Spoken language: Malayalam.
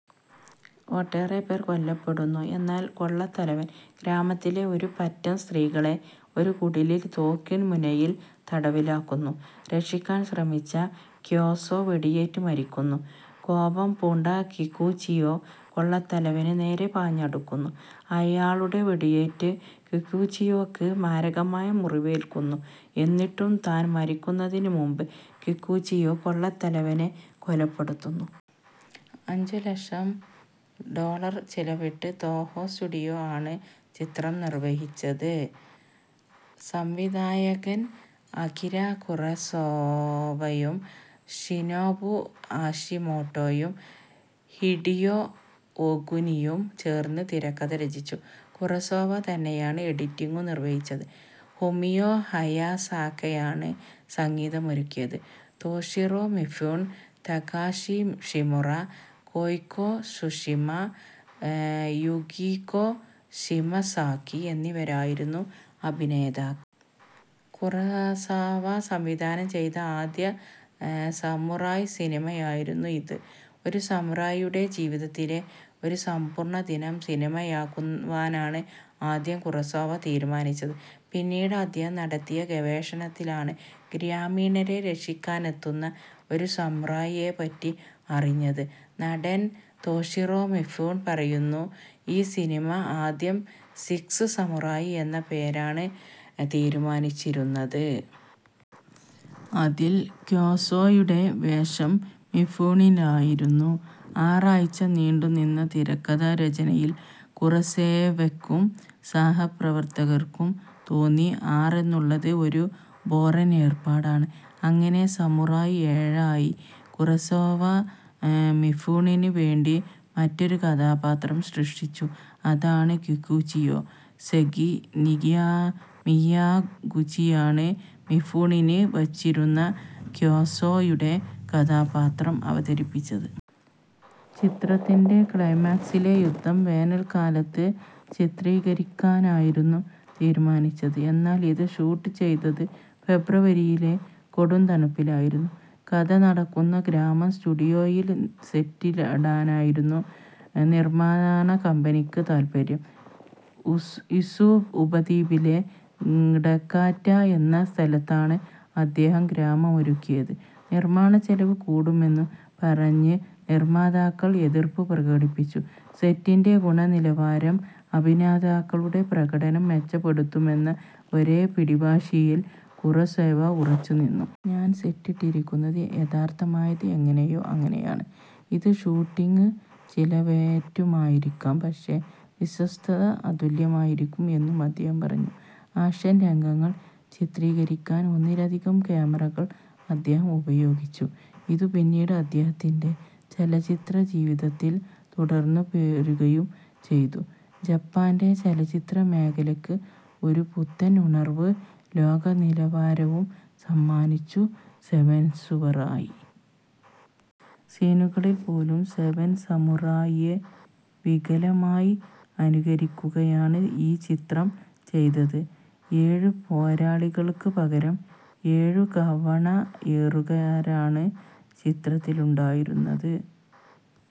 ഒട്ടേറെപ്പേർ കൊല്ലപ്പെടുന്നു. എന്നാൽ, കൊള്ളത്തലവൻ ഗ്രാമത്തിലെ ഒരു പറ്റം സ്ത്രീകളെ ഒരു കുടിലിൽ തോക്കിൻമുനയിൽ തടവിലാക്കുന്നു. രക്ഷിക്കാൻ ശ്രമിച്ച ക്യോസോ വെടിയേറ്റ് മരിക്കുന്നു. കോപം പൂണ്ട കികുചിയോ കൊള്ളത്തലവന് നേരെ പാഞ്ഞടുക്കുന്നു. അയാളു വെടിയേറ്റ് കികുചിയോയ്ക്ക് മാരകമായി മുറിവേൽക്കുന്നു. എന്നിട്ടും, താൻ മരിക്കുന്നതിന് മുമ്പ് കികുചിയോ കൊള്ളത്തലവനെ കൊലപ്പെടുത്തുന്നു. അഞ്ചുലക്ഷം ഡോളർ ചിലവിട്ട് തോഹോ സ്റ്റുഡിയോസ് ആണ് ചിത്രം നിർമിച്ചത്. സംവിധായകൻ അകിര കുറസോവയും ഷിനോബു ഹാഷിമോട്ടോയും ഹിഡിയോ ഒഗുനിയും ചേർന്ന് തിരക്കഥ രചിച്ചു. കുറസോവ തന്നെയാണ് എഡിറ്റിംഗും നിർവഹിച്ചത്. ഫുമിയോ ഹയാസാകയാണ് സംഗീതമൊരുക്കിയത്. Toshiro Mifune, Takashi Shimura, Keiko Tsushima, Yukiko Shimazaki എന്നിവരായിരുന്നു അഭിനേതാക്കൾ. കുറസോവ സംവിധാനം ചെയ്ത ആദ്യ സമുറായ് സിനിമയായിരുന്നു ഇത്. ഒരു സമുറായിയുടെ ജീവിതത്തിലെ ഒരു സമ്പൂർണദിനം സിനിമയാക്കുവാനാണ് ആദ്യം കുറസോവ തീരുമാനിച്ചത്. പിന്നീട് അദ്ദേഹം നടത്തിയ ഗവേഷണത്തിലാണ് ഗ്രാമീണരെ രക്ഷിക്കാനെത്തുന്ന ഒരു സമുറായിയെപ്പറ്റി അറിഞ്ഞത്. നടൻ തോഷിറോ മിഫ്യൂൺ പറയുന്നു: ഈ സിനിമ ആദ്യം സിക്സ് സമുറായി എന്ന പേരാണ് തീരുമാനിച്ചിരുന്നത്. അതിൽ ക്യോസോയുടെ വേഷം മിഫ്യൂണിനായിരുന്നു. ആറാഴ്ച നീണ്ടു നിന്ന തിരക്കഥാ രചനയിൽ കുറസോവയ്ക്കും സഹപ്രവർത്തകർക്കും തോന്നി. ആറെന്നുള്ളത് ഒരു ബോറൻ ഏർപ്പാടാണ്. അങ്ങനെ സമുറായ് ഏഴായി. കുറസോവ മിഫ്യൂണിന് വേണ്ടി മറ്റൊരു കഥാപാത്രം സൃഷ്ടിച്ചു. അതാണ് കികുചിയോ. സെഗി മിയാഗുചിയാണ് മിഫൂണിന് വച്ചിരുന്ന ക്യോസോയുടെ കഥാപാത്രം അവതരിപ്പിച്ചത്. ചിത്രത്തിന്റെ ക്ലൈമാക്സിലെ യുദ്ധം വേനൽക്കാലത്ത് ചിത്രീകരിക്കാനായിരുന്നു തീരുമാനിച്ചത്. എന്നാൽ, ഇത് ഷൂട്ട് ചെയ്തത് ഫെബ്രുവരിയിലെ കൊടുംതണുപ്പിലായിരുന്നു. കഥ നടക്കുന്ന ഗ്രാമം സ്റ്റുഡിയോയിൽ സെറ്റിടാനായിരുന്നു നിർമ്മാണകമ്പനിയ്ക്ക് താൽപര്യം. ഇസു ഉപദ്വീപിലെ ടഗാറ്റ എന്ന സ്ഥലത്താണ് അദ്ദേഹം ഗ്രാമമൊരുക്കിയത്. നിർമ്മാണചെലവ് കൂടുമെന്നു പറഞ്ഞ് നിർമാതാക്കൾ എതിർപ്പു പ്രകടിപ്പിച്ചു. സെറ്റിന്റെ ഗുണനിലവാരം അഭിനേതാക്കളുടെ പ്രകടനം മെച്ചപ്പെടുത്തുമെന്ന ഒരേ പിടിവാശിയിൽ കുറസോവ ഉറച്ചു നിന്നു. ഞാൻ സെറ്റിട്ടിരിക്കുന്നത് യഥാർഥമായത് എങ്ങനെയോ അങ്ങനെയാണ്. ഇത് ഷൂട്ടിംഗിന് ചിലവേറ്റുമായിരിക്കാം. പക്ഷേ, വിശ്വാസ്യത അതുല്യമായിരിക്കും എന്നും അദ്ദേഹം പറഞ്ഞു. ആക്ഷൻ രംഗങ്ങൾ ചിത്രീകരിക്കാൻ ഒന്നിലധികം കാമറകൾ അദ്ദേഹം ഉപയോഗിച്ചു. ഇതു പിന്നീട് അദ്ദേഹത്തിന്റെ ചലച്ചിത്രജീവിതത്തിൽ തുടർന്നു പോരുകയും ചെയ്തു. ജപ്പാന്റെ ചലച്ചിത്ര മേഖലയ്ക്ക് ഒരു പുത്തനുണർവും ലോകനിലവാരവും സമ്മാനിച്ചു സെവൻസമുറായി. സീനുകളിൽപ്പോലും സെവൻസമുറായിയെ വികലമായി അനുകരിക്കുകയാണ് ഈ ചിത്രം ചെയ്തത്. ഏഴുപോരാളികൾക്ക് പകരം ഏഴു കവണയേറുകാരാണ് ചിത്രത്തിലുണ്ടായിരുന്നത്.